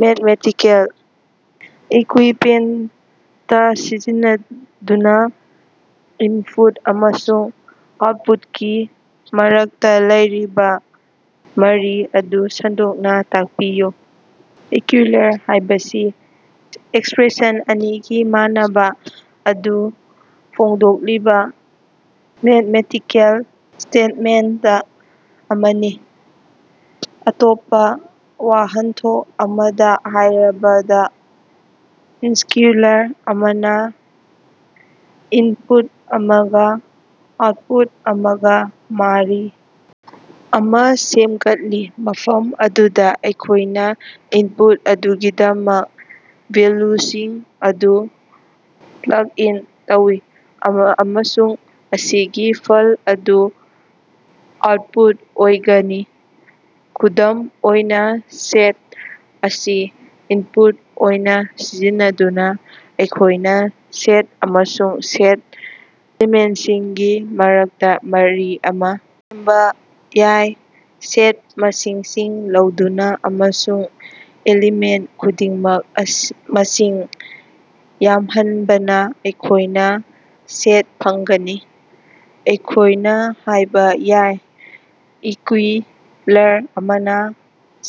Mathematical equipment ꯁꯤꯖꯤꯟꯅꯗꯨꯅꯥ input ꯑꯃꯁꯨꯡ ꯑꯥꯎꯠꯄꯨꯠꯀꯤ ꯃꯔꯛꯇꯥ ꯂꯩꯔꯤꯕꯥ ꯃꯔꯤ ꯑꯗꯨ ꯁꯟꯗꯣꯛꯅꯥ ꯇꯥꯛꯄꯤꯌꯨ꯫ ꯏꯀ꯭ꯌꯨꯏꯂꯔ ꯍꯥꯏꯕꯁꯤ ꯑꯦꯛꯁꯄ꯭ꯔꯦꯁꯟ ꯑꯅꯤꯒꯤ ꯃꯥꯟꯅꯕꯥ ꯑꯗꯨ ꯐꯣꯡꯗꯣꯛꯂꯤꯕꯥ ꯃꯦꯠꯃꯦꯇꯤꯀꯦꯜ ꯁ꯭ꯇꯦꯠꯃꯦꯟꯇ ꯑꯃꯅꯤ꯫ ꯑꯇꯣꯞꯄꯥ ꯋꯥꯍꯟꯊꯣꯛ ꯑꯃꯗꯥ ꯍꯥꯏꯔꯕꯗꯥ, ꯏꯀ꯭ꯌꯨꯏꯂꯔ ꯑꯃꯅꯥ ꯏꯟꯄꯨꯠ ꯑꯃꯒꯥ ꯑꯥꯎꯠꯄꯨꯠ ꯑꯃꯒꯥ ꯃꯥꯔꯤ ꯑꯃꯥ ꯁꯦꯝꯒꯠꯂꯤ, ꯃꯐꯝ ꯑꯗꯨꯗꯥ ꯑꯩꯈꯣꯏꯅꯥ ꯏꯟꯄꯨꯠ ꯑꯗꯨꯒꯤꯗꯃꯛ ꯚꯦꯜꯂꯨꯁꯤꯡ ꯑꯗꯨ ꯄ꯭ꯂꯛ ꯏꯟ ꯇꯧꯏ ꯑꯃꯁꯨꯡ ꯃꯁꯤꯒꯤ ꯐꯜ ꯑꯗꯨ ꯑꯥꯎꯠꯄꯨꯠ ꯑꯣꯏꯒꯅꯤ꯫ ꯈꯨꯗꯝ ꯑꯣꯏꯅꯥ, ꯁꯦꯠ ꯑꯁꯤ ꯏꯟꯄꯨꯠ ꯑꯣꯏꯅꯥ ꯁꯤꯖꯤꯟꯅꯗꯨꯅꯥ ꯑꯩꯈꯣꯏꯅꯥ ꯁꯦꯠ ꯑꯃꯁꯨꯡ ꯁꯦꯠ ꯑꯦꯃꯦꯟꯇꯁꯤꯡꯒꯤ ꯃꯔꯛꯇꯥ ꯃꯔꯤ ꯑꯃꯥ ꯁꯦꯝꯕꯥ ꯌꯥꯏ, ꯁꯦꯠ ꯃꯁꯤꯡꯁꯤꯡ ꯂꯧꯗꯨꯅꯥ ꯑꯃꯁꯨꯡ ꯑꯦꯂꯤꯃꯦꯟ ꯈꯨꯗꯤꯡꯃꯛ ꯃꯁꯤꯡ ꯌꯥꯝꯍꯟꯕꯅꯥ ꯑꯩꯈꯣꯏꯅꯥ ꯁꯦꯠ ꯐꯪꯒꯅꯤ꯫ ꯑꯩꯈꯣꯏꯅꯥ ꯍꯥꯏꯕ ꯌꯥꯏ ꯏꯀ꯭ꯌꯨꯏꯂꯔ ꯑꯃꯥꯅ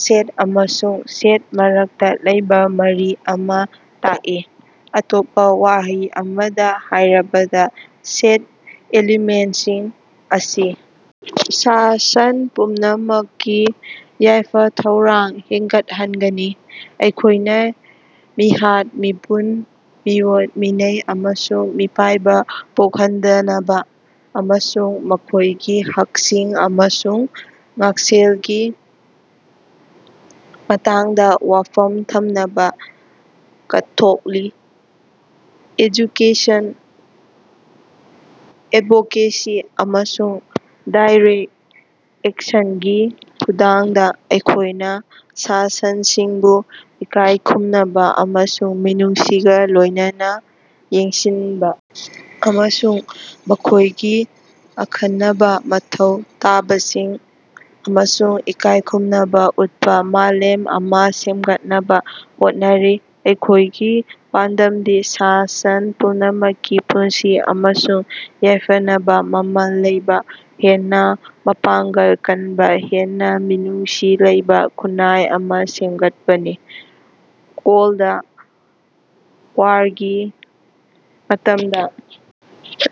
ꯁꯦꯠ ꯑꯃꯁꯨꯡ ꯁꯦꯠ ꯃꯔꯛꯇꯥ ꯂꯩꯕꯥ ꯃꯔꯤ ꯑꯃꯥ ꯇꯥꯛꯏ, ꯑꯇꯣꯞꯄꯥ ꯋꯥꯍꯩ ꯑꯃꯗꯥ ꯍꯥꯏꯔꯕꯗꯥ, ꯁꯦꯠ ꯑꯦꯂꯤꯃꯦꯟꯁꯤꯡ ꯑꯁꯤ ꯁꯥ-ꯁꯟ ꯄꯨꯝꯅꯃꯛꯀꯤ ꯌꯥꯏꯐ-ꯊꯧꯔꯥꯡ ꯍꯦꯟꯒꯠꯍꯟꯒꯅꯤ꯫ ꯑꯩꯈꯣꯏꯅꯥ ꯃꯤꯍꯥꯠ-ꯃꯤꯄꯨꯟ, ꯃꯤꯑꯣꯠ-ꯃꯤꯅꯩ, ꯑꯃꯁꯨꯡ ꯃꯤꯄꯥꯏꯕꯥ ꯄꯣꯛꯍꯟꯗꯅꯕꯥ ꯑꯃꯁꯨꯡ ꯃꯈꯣꯏꯒꯤ ꯍꯛꯁꯤꯡ ꯑꯃꯁꯨꯡ ꯉꯥꯛꯁꯦꯜꯒꯤ ꯃꯇꯥꯡꯗꯥ ꯋꯥꯐꯝ ꯊꯝꯅꯕꯥ ꯀꯠꯊꯣꯛꯂꯤ꯫ ꯑꯦꯖꯨꯀꯦꯁꯟ, ꯑꯦꯠꯚꯣꯀꯦꯁꯤ ꯑꯃꯁꯨꯡ ꯗꯥꯏꯔꯦꯛ ꯑꯦꯛꯁꯟꯒꯤ ꯈꯨꯠꯊꯥꯡꯗꯥ ꯑꯩꯈꯣꯏꯅꯥ ꯁꯥ-ꯁꯟꯁꯤꯡꯕꯨ ꯏꯀꯥꯏ ꯈꯨꯝꯅꯕꯥ ꯑꯃꯁꯨꯡ ꯃꯤꯅꯨꯡꯁꯤꯒꯥ ꯂꯣꯏꯅꯅꯥ ꯌꯦꯡꯁꯤꯟꯕꯥ ꯑꯃꯁꯨꯡ ꯃꯈꯣꯏꯒꯤ ꯑꯈꯟꯅꯕꯥ ꯃꯊꯧ ꯇꯥꯕꯁꯤꯡ ꯑꯃꯁꯨꯡ ꯏꯀꯥꯏꯈꯨꯝꯅꯕꯥ ꯎꯠꯄꯥ ꯃꯥꯂꯦꯝ ꯑꯃꯥ ꯁꯦꯝꯒꯠꯅꯕꯥ ꯍꯣꯠꯅꯔꯤ꯫ ꯑꯩꯈꯣꯏꯒꯤ ꯄꯥꯟꯗꯝꯗꯤ ꯁꯥ-ꯁꯟ ꯄꯨꯝꯅꯃꯛꯀꯤ ꯄꯨꯟꯁꯤ ꯑꯃꯁꯨꯡ ꯌꯥꯏꯐꯅꯕꯥ ꯃꯃꯜ ꯂꯩꯕꯥ ꯍꯦꯟꯅꯥ ꯃꯄꯥꯡꯒꯜ ꯀꯟꯕꯥ, ꯍꯦꯟꯅꯥ ꯃꯤꯅꯨꯡꯁꯤ ꯂꯩꯕꯥ ꯈꯨꯟꯅꯥꯏ ꯑꯃꯥ ꯁꯦꯝꯒꯠꯄꯅꯤ꯫ ꯀꯣꯜꯗ ꯋꯥꯔꯒꯤ ꯃꯇꯝꯗꯥ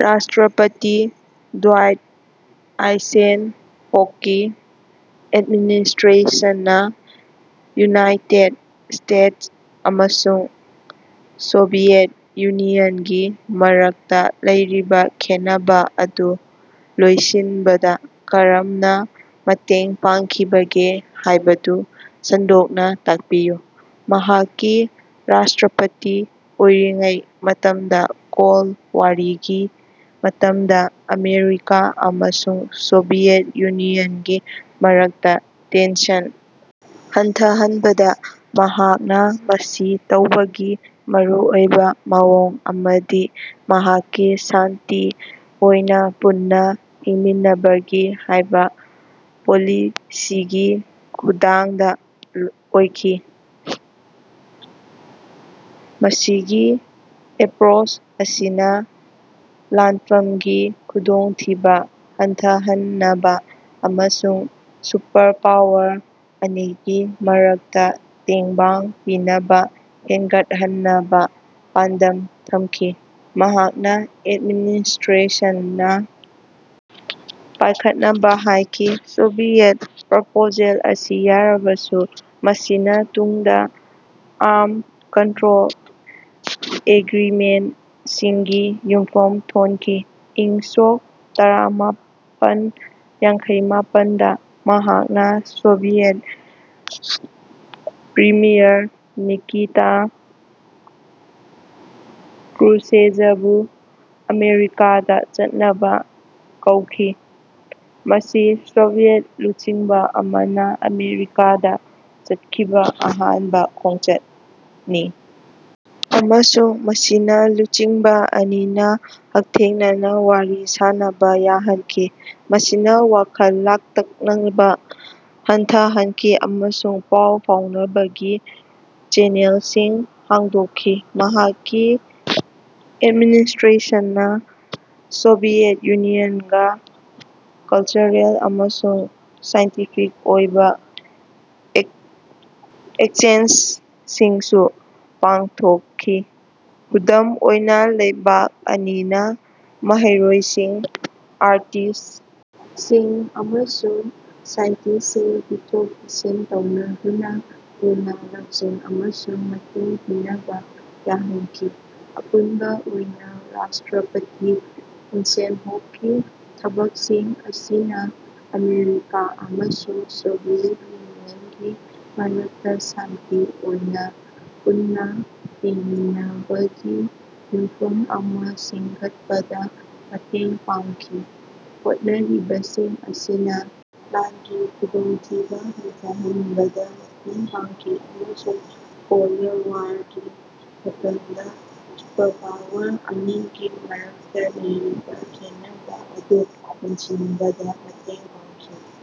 ꯔꯥꯁꯇ꯭ꯔꯄꯇꯤ ꯗ꯭ꯋꯥꯏꯠ ꯑꯥꯏꯁꯦꯟꯍꯣꯛꯀꯤ ꯑꯦꯠꯃꯤꯅꯤꯁꯇ꯭ꯔꯦꯁꯟꯅꯥ ꯌꯨꯅꯥꯏꯇꯦꯠ ꯁ꯭ꯇꯦꯠꯁ ꯑꯃꯁꯨꯡ ꯁꯣꯚꯤꯌꯦꯠ ꯌꯨꯅꯤꯌꯟꯒꯤ ꯃꯔꯛꯇꯥ ꯂꯩꯔꯤꯕꯥ ꯈꯦꯟꯅꯕꯥ ꯑꯗꯨ ꯂꯣꯏꯁꯤꯟꯕꯗꯥ ꯀꯔꯝꯅꯥ ꯃꯇꯦꯡ ꯄꯥꯡꯈꯤꯕꯒꯦ ꯍꯥꯏꯕꯗꯨ ꯁꯟꯗꯣꯛꯅꯥ ꯇꯥꯛꯄꯤꯌꯨ꯫ ꯃꯍꯥꯛꯀꯤ ꯔꯥꯁꯇ꯭ꯔꯄꯇꯤ ꯑꯣꯏꯔꯤꯉꯩ ꯃꯇꯝꯗꯥ ꯀꯣꯜ ꯋꯥꯔꯒꯤ ꯃꯇꯝꯗꯥ ꯑꯃꯦꯔꯤꯀꯥ ꯑꯃꯁꯨꯡ ꯁꯣꯚꯤꯌꯦꯠ ꯌꯨꯅꯤꯌꯟꯒꯤ ꯃꯔꯛꯇꯥ ꯇꯦꯟꯁꯟ ꯍꯟꯊꯍꯟꯕꯗꯥ ꯃꯍꯥꯛꯅꯥ ꯃꯁꯤ ꯇꯧꯕꯒꯤ ꯃꯔꯨꯑꯣꯏꯕꯥ ꯃꯑꯣꯡ ꯑꯃꯗꯤ ꯃꯍꯥꯛꯀꯤ ꯁꯥꯟꯇꯤ ꯑꯣꯏꯅꯥ ꯄꯨꯟꯅꯥ ꯍꯤꯡꯃꯤꯟꯅꯕꯒꯤ ꯍꯥꯏꯕ ꯄꯣꯂꯤꯁꯤꯒꯤ ꯈꯨꯠꯊꯥꯡꯗꯥ ꯑꯣꯏꯈꯤ꯫ ꯃꯁꯤꯒꯤ ꯑꯦꯄ꯭ꯔꯣꯆ ꯑꯁꯤꯅꯥ ꯂꯥꯟꯐꯝꯒꯤ ꯈꯨꯗꯣꯡꯊꯤꯕꯥ ꯍꯟꯊꯍꯟꯅꯕꯥ ꯑꯃꯁꯨꯡ ꯁꯨꯄꯔꯄꯥꯋꯔ ꯑꯅꯤꯒꯤ ꯃꯔꯛꯇꯥ ꯇꯦꯡꯕꯥꯡ ꯄꯤꯅꯕꯥ ꯍꯦꯟꯒꯠꯍꯟꯅꯕꯥ ꯄꯥꯟꯗꯝ ꯊꯝꯈꯤ꯫ ꯃꯍꯥꯛꯅ ꯑꯦꯠꯃꯤꯅꯤꯁꯇ꯭ꯔꯦꯁꯟꯅꯥ ꯄꯥꯏꯈꯠꯅꯕꯥ ꯍꯥꯏꯈꯤ꯫ ꯁꯣꯚꯤꯌꯦꯠꯅꯥ ꯄ꯭ꯔꯄꯣꯖꯦꯜ ꯑꯁꯤ ꯌꯥꯔꯕꯁꯨ, ꯃꯁꯤꯅꯥ ꯇꯨꯡꯗꯥ ꯑꯥꯔꯝ ꯀꯟꯇ꯭ꯔꯣꯜ ꯑꯦꯒ꯭ꯔꯤꯃꯦꯟꯇꯁꯤꯡꯒꯤ ꯌꯨꯝꯐꯝ ꯊꯣꯟꯈꯤ꯫ ꯏꯪ ꯁꯣꯛ ꯇꯔꯥꯃꯄꯟ ꯌꯥꯡꯈꯩꯃꯄꯟꯗꯥ ꯃꯍꯥꯛꯅ ꯁꯣꯚꯤꯌꯦꯠ ꯄ꯭ꯔꯤꯃꯤꯌꯔ ꯅꯤꯀꯤꯇꯥ ꯀ꯭ꯔꯨꯁꯦꯚꯕꯨ ꯑꯃꯦꯔꯤꯀꯥꯗꯥ ꯆꯠꯅꯕꯥ ꯀꯧꯈꯤ꯫ ꯃꯁꯤ ꯁꯣꯚꯤꯌꯦꯠ ꯂꯨꯆꯤꯡꯕꯥ ꯑꯃꯅꯥ ꯑꯃꯦꯔꯤꯀꯥꯗ ꯆꯠꯈꯤꯕꯥ ꯑꯍꯥꯟꯕꯥ ꯈꯣꯡꯆꯠꯅꯤ ꯑꯃꯁꯨꯡ ꯃꯁꯤꯅꯥ ꯂꯨꯆꯤꯡꯕꯥ ꯑꯅꯤꯅꯥ ꯍꯛꯊꯦꯡꯅꯅꯥ ꯋꯥꯔꯤ ꯁꯥꯅꯕꯥ ꯌꯥꯍꯟꯈꯤ, ꯃꯁꯤꯅꯥ ꯋꯥꯈꯜ ꯂꯥꯡꯇꯛꯅꯕꯥ ꯍꯟꯊꯍꯟꯈꯤ ꯑꯃꯁꯨꯡ ꯄꯥꯎ ꯐꯥꯎꯅꯕꯒꯤ ꯆꯦꯅꯦꯜꯁꯤꯡ ꯍꯥꯡꯗꯣꯛꯈꯤ꯫ ꯃꯍꯥꯛꯀꯤ ꯑꯦꯗꯃꯤꯅꯤꯁꯇ꯭ꯔꯦꯁꯟꯅꯥ ꯁꯣꯚꯤꯌꯦꯠ ꯌꯨꯅꯤꯌꯟꯒꯥ ꯀꯜꯆꯔꯦꯜ ꯑꯃꯁꯨꯡ ꯁꯥꯏꯟꯇꯤꯐꯤꯛ ꯑꯣꯏꯕꯥ ꯑꯦꯛꯁꯆꯦꯟꯖꯁꯤꯡꯁꯨ ꯄꯥꯡꯊꯣꯛꯈꯤ꯫ ꯈꯨꯗꯝ ꯑꯣꯏꯅꯥ, ꯂꯩꯕꯥꯛ ꯑꯅꯤꯅꯥ ꯃꯍꯩꯔꯣꯏꯁꯤꯡ, ꯑꯥꯔꯇꯤꯁ ꯁꯤꯡ ꯑꯃꯁꯨꯡ ꯁꯥꯏꯟꯇꯤꯁꯁꯤꯡ ꯄꯤꯊꯣꯛ-ꯄꯤꯁꯤꯟ ꯇꯧꯅꯗꯨꯅꯥ ꯍꯦꯟꯅꯥ ꯂꯧꯁꯤꯡ ꯑꯃꯁꯨꯡ ꯃꯇꯦꯡ ꯄꯤꯅꯕꯥ ꯌꯥꯍꯟꯈꯤ꯫ ꯑꯄꯨꯟꯕꯥ ꯑꯣꯏꯅꯥ ꯔꯥꯁꯇ꯭ꯔꯄꯇꯤ ꯏꯁꯦꯟꯍꯣꯛꯀꯤ ꯊꯕꯛꯁꯤꯡ ꯑꯁꯤꯅꯥ ꯑꯃꯦꯔꯤꯀꯥ ꯑꯃꯁꯨꯡ ꯁꯣꯚꯤꯌꯦꯠ ꯌꯨꯅꯤꯌꯟꯒꯤ ꯃꯔꯛꯇꯥ ꯁꯥꯟꯇꯤ ꯑꯣꯏꯅꯥ ꯄꯨꯟꯅꯥ ꯍꯤꯡꯃꯤꯟꯅꯕꯒꯤ ꯌꯨꯝꯐꯝ ꯑꯃꯥ ꯁꯦꯝꯒꯠꯄꯗꯥ ꯃꯇꯦꯡ ꯄꯥꯡꯈꯤ꯫ ꯍꯣꯠꯅꯔꯤꯕꯁꯤꯡ ꯑꯁꯤꯅꯥ ꯂꯥꯟꯒꯤ ꯈꯨꯗꯣꯡꯊꯤꯕꯥ ꯍꯟꯊꯍꯟꯕꯗꯥ ꯃꯇꯦꯡ ꯄꯥꯡꯈꯤ ꯑꯃꯁꯨꯡ ꯀꯣꯜꯗ ꯋꯥꯔꯒꯤ ꯃꯇꯝꯗꯥ ꯁꯨꯄꯔꯄꯥꯋꯔ ꯑꯅꯤꯒꯤ ꯃꯔꯛꯇꯥ ꯂꯩꯔꯤꯕꯥ ꯈꯦꯟꯅꯕꯥ ꯑꯗꯨ ꯃꯦꯟꯁꯤꯟꯕꯗꯥ ꯃꯇꯦꯡ ꯄꯥꯡꯈꯤ꯫